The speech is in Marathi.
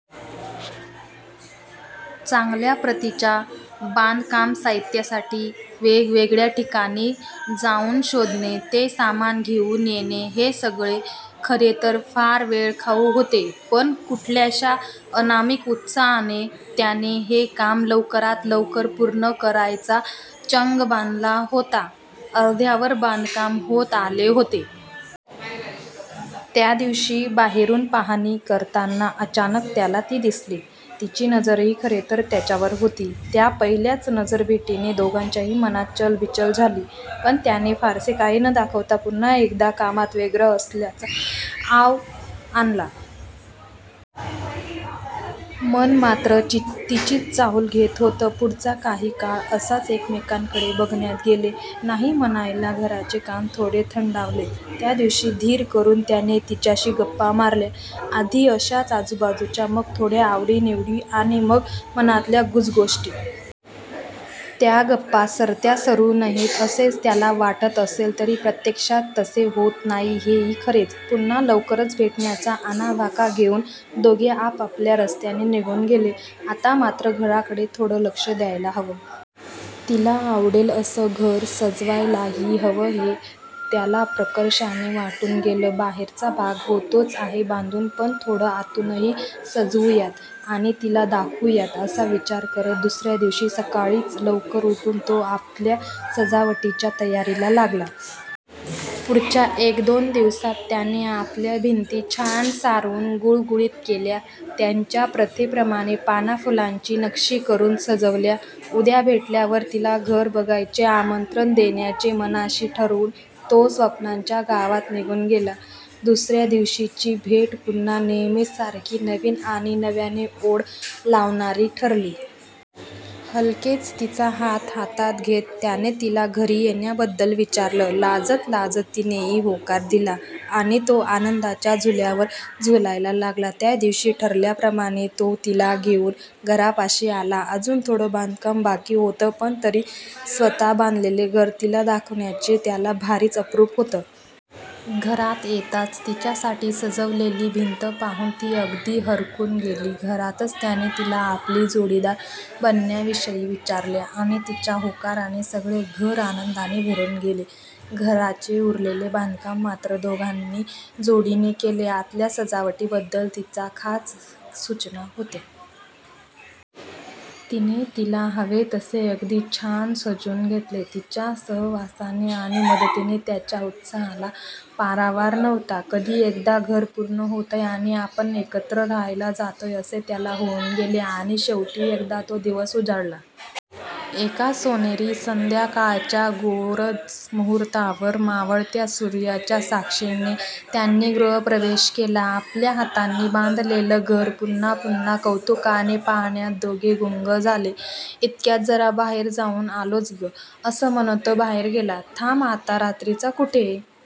चांगल्या प्रतीच्या बांधकाम साहित्यासाठी वेगवेगळ्या ठिकाणी जाऊन शोधणे. ते सामान घेऊन येणे हे सगळे खरेतर फार वेळखाऊ होते. पण कुठल्याशा अनामिक उत्साहाने त्याने हे काम लवकरात लवकर पूर्ण करायचा चंग बांधला होता. अर्ध्यावर बांधकाम होत आले होते. त्यादिवशी बाहेरून पाहाणी करताना अचानक त्याला ती दिसली. तिची नजरही खरेतर त्याच्यावरच होती. त्या पहिल्याच नजर भेटीने दोघांच्याही मनात चलबिचल झाली. पण त्याने फारसे काही न दाखवता पुन्हा एकदा कामात व्यग्र असल्याचा आव आणला. मन मात्र तिचीच चाहूल घेत होतं. पुढचा काही काळ असाच एकमेकांकडे बघण्यात गेले. नाही म्हणायला घराचे काम थोडे थंडावलेच. त्यादिवशी धीर करून त्याने तिच्याशी गप्पा मारल्या. आधी अशाच आजूबाजूच्या, मग थोड्या आवडी निवडी आणि मग मनातल्या गुजगोष्टी. त्या गप्पा सरत्या सरू नयेत असेच त्याला वाटत असले तरी प्रत्यक्षात तसे होत नाही हे ही खरेच. पुन्हा लवकरच भेटण्याच्या आणाभाका घेऊन दोघे आपापल्या रस्त्याने निघून गेले. आता मात्र घराकडे थोडं लक्ष द्यायला हवं. तीला आवडेल असं घर सजवायलाही हवं हे त्याला प्रकर्षाने वाटून गेलं. 'बाहेरचा भाग होतोच आहे बांधून, पण थोडं आतूनही सजवूयात आणि तीला दाखवूयात' असा विचार करत दुसऱ्यादिवशी सक्काळीच लवकर उठून तो आतल्या सजावटीच्या तयारीला लागला. पुढच्या एकदोन दिवसात त्याने आतल्या भिंती छान सारवून गुळगुळीत केल्या. त्यांच्या प्रथेप्रमाणे पानाफुलांची नक्षी करून सजवल्या. उद्या भेटल्यावर तीला घर बघायचे आमंत्रण देण्याचे मनाशी ठरवून तो स्वप्नांच्या गावात निघून गेला. दुसऱ्या दिवशीची भेट पुन्हा नेहेमीच सारखी नवीन आणि नव्याने ओढ लावणारी ठरली. हलकेच तीचा हात हातात घेत त्याने तीला घरी येण्याबद्दल विचारलं. लाजत लाजत तिनेही होकार दिला आणि तो आनंदाच्या झुल्यावर झुलायला लागला. त्यादिवशी ठरल्याप्रमाणे तो तीला घेऊन घरापाशी आला. अजून थोडं बांधकाम बाकी होतं पण तरी स्वतः बांधलेले घर तीला दाखवण्याचे त्याला भारीच अप्रूप होतं. घरात येताच तिच्यासाठी सजवलेली भिंत पाहून ती अगदी हरखून गेली. घरातच त्याने तीला आपली जोडीदार बनण्याविषयी विचारले आणि तीच्या होकाराने सगळे घर आनंदाने भरून गेले. घराचे उरलेले बांधकाम मात्र दोघांनी जोडीने केले. आतल्या सजावटी बद्दल तिच्या खास सुचना होत्या. तीने तीला हवे तसे अगदी छान सजवून घेतले. तीच्या सहवासाने आणि मदतीने त्याच्या उत्साहाला पारावार नव्हता. कधी एकदा घर पूर्ण होतंय आणि आपण एकत्र राहायला जातोय असे त्याला होऊन गेले. आणि शेवटी एकदा तो दिवस उजाडला. एका सोनेरी संध्याकाळच्या गोरज मुहुर्तावर मावळत्या सूर्याच्या साक्षीने त्यांनी गृहप्रवेश केला. आपल्या हातांनी बांधलेलं घर पुन्हा पुन्हा कौतुकाने पहाण्यात दोघे गुंग झाले. इतक्यात 'जरा बाहेर जाऊन आलोच गं' असं म्हणत तो बाहेर गेला. 'थांब आता रात्रीचा कुठे?